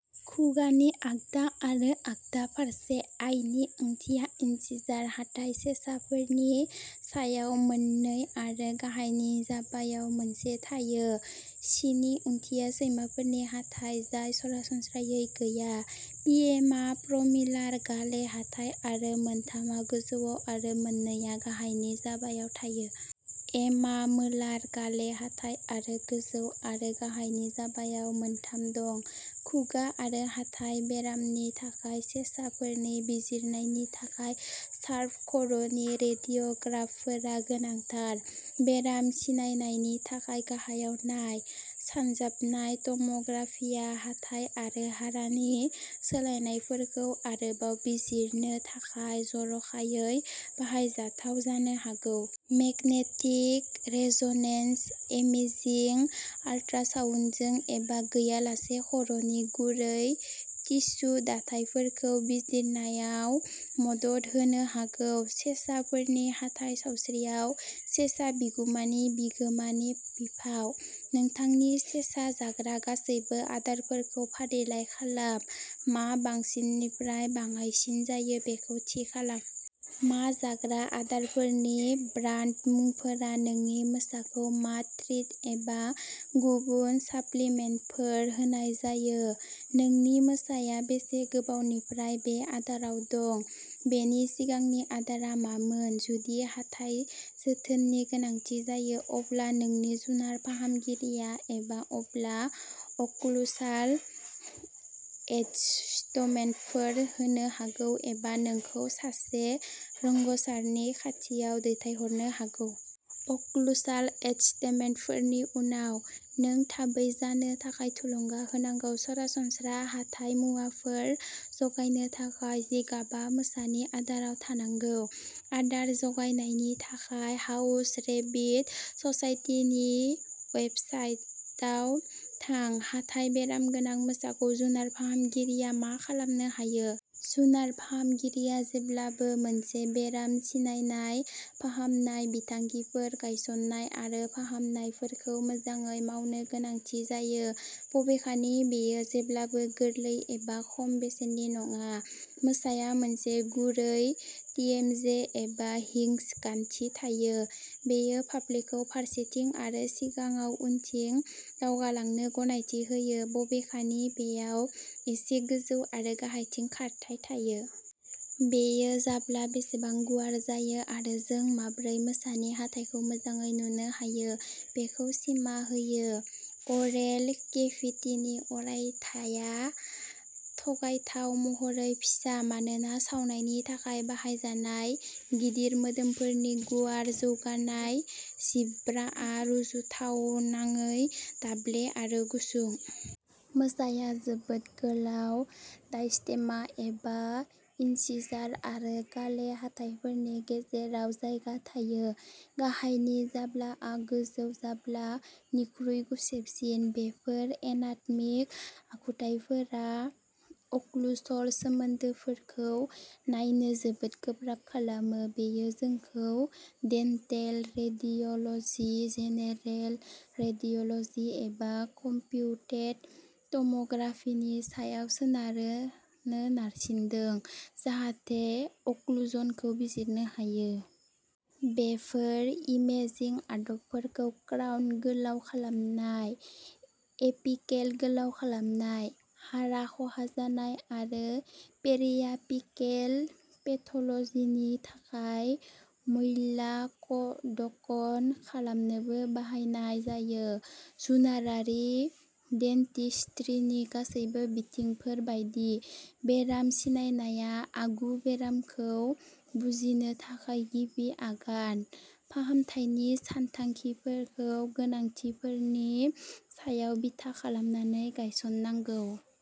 खुगानि आगदा आरो आगदा फारसे। आइ नि ओंथिया इन्सिजार हाथाइ। सेसाफोरनि सायाव मोन नै आरो गाहायनि जाबायाव मोनसे थायो। सि नि ओंथिया सैमाफोरनि हाथाइ जाय सरासनस्रायै गैया। पिएमआ प्रमिलार गाले हाथाइ आरो मोन थामआ गोजौआव आरो मोन नै आ गाहायनि जाबायाव थायो। एमआ मोलार गाले हाथाइ आरो गोजौ आरो गाहायनि जाबायाव मोन थाम दं। खुगा आरो हाथाइ बेरामनि थाखाय सेसाफोरनि बिजिरनायनि थाखाय साभ खर'नि रेडिय'ग्राफफोरा गोनांथार। बेराम सिनायनायनि थाखाय गाहायाव नाय। सानजाबनाय टम'ग्राफिया हाथाइ आरो हारानि सोलायनायफोरखौ आरोबाव बिजिरनो थाखाय जर'खायै बाहायजाथाव जानो हागौ। मेगनेटिक रेज'नेन्स इमेजिं आल्ट्रासाउन्डजों एबा गैयालासे खर'नि गुरै टिस्यु दाथायफोरखौ बिजिरनायाव मदद होनो हागौ। सेसाफोरनि हाथाइ सावस्रियाव सेसा बिगुमानि बिगोमानि बिफाव। नोंथांनि सेसा जाग्रा गासैबो आदारफोरखौ फारिलाइ खालाम; मा बांसिननिफ्राय बाङाइसिन जायो बेखौ थि खालाम। मा जाग्रा आदारफोरनि ब्रान्ड मुंफोरा नोंनि मोसाखौ मा ट्रिट एबा गुबुन साप्लिमेन्टफोर होनाय जायो? नोंनि मोसाया बेसे गोबावनिफ्राय बे आदाराव दं, बेनि सिगांनि आदारआ मामोन? जुदि हाथाइ जोथोननि गोनांथि जायो, अब्ला नोंनि जुनार फाहामगिरिया एबा अब्ला अक्लुसाल एडजस्टमेन्टफोर होनो हागौ एबा नोंखौ सासे रोंग'सारनि खाथियाव दैथायहरनो हागौ। अक्लुसाल एडजस्टमेन्टफोरनि उनाव, नों थाबै जानो थाखाय थुलुंगा होनांगौ। सरासनस्रा हाथाइ मुवाफोर जगायनो थाखाय जिगाबआ मोसानि आदाराव थानांगौ। आदार जगायनायनि थाखाय हाउस रेबिट ससाइटिनि वेबसाइटाव थां। हाथाइ बेराम गोनां मोसाखौ जुनार फाहामगिरिया मा खालामनो हायो? जुनार फाहामगिरिया जेब्लाबो मोनसे बेराम सिनायनाय, फाहामनाय बिथांखिफोर गायसन्नाय आरो फाहामनायफोरखौ मोजाङै मावनो गोनांथि जायो। बबेखानि बेयो जेब्लाबो गोरलै एबा खम बेसेननि नङा। मोसाया मोनसे गुरै टिएमजे एबा "हिंज गान्थि" थायो। बेयो फाफ्लिखौ फारसेथिं आरो सिगाङाव उनथिं दावगालांनो गनायथि होयो, बबेखानि बेयाव एसे गोजौ आरो गाहायथिं खारथाइ थायो। बेयो जाब्ला बेसेबां गुवार जायो आरो जों माब्रै मोसानि हाथाइखौ मोजाङै नुनो हायो बेखौ सिमा होयो। अरेल केभिटिनि अरायथाया थगायथाव महरै फिसा मानोना सावनायनि थाखाय बाहायजानाय गिदिर मोदोमफोरनि गुवार जौगानाय। जिब्राआ रुजुथावनाङै दाब्ले आरो गुसुं। मोसाया जोबोद "गोलाव डायस्टेमा" एबा इनसिजार आरो गाले हाथाइफोरनि गेजेराव जायगा थायो। गाहायनि जाब्लाआ गोजौ जाब्ला निख्रुइ गुसेबसिन। बेफोर एनाटमिक आखुथायफोरा अक्लुसल सोमोन्दोफोरखौ नायनो जोबोद गोब्राब खालामो। बेयो जोंखौ डेन्टेल रेडिय'ल'जि, जेनेरेल रेडिय'ल'जि एबा कम्पिउटेड टम'ग्राफि नि सायाव सोनारनो नारसिनदों, जाहाथे अक्लुजनखौ बिजिरनो हायो। बेफोर इमेजिं आदबफोरखौ क्राउन गोलाव खालामनाय, एपिकेल गोलाव खालामनाय, हारा खहा जानाय आरो पेरियापिकेल पेथ'ल'जि नि थाखाय मूल्याडकन खालामनोबो बाहायनाय जायो। जुनारारि डेन्टिस्ट्रिनि गासैबो बिथिंफोर बायदि, बेराम सिनायनाया आगु बेरामखौ बुजिनो थाखाय गिबि आगान। फाहामथायनि सानथांखिफोरखौ गोनांथिफोरनि सायाव बिथा खालामनानै गायसननांगौ।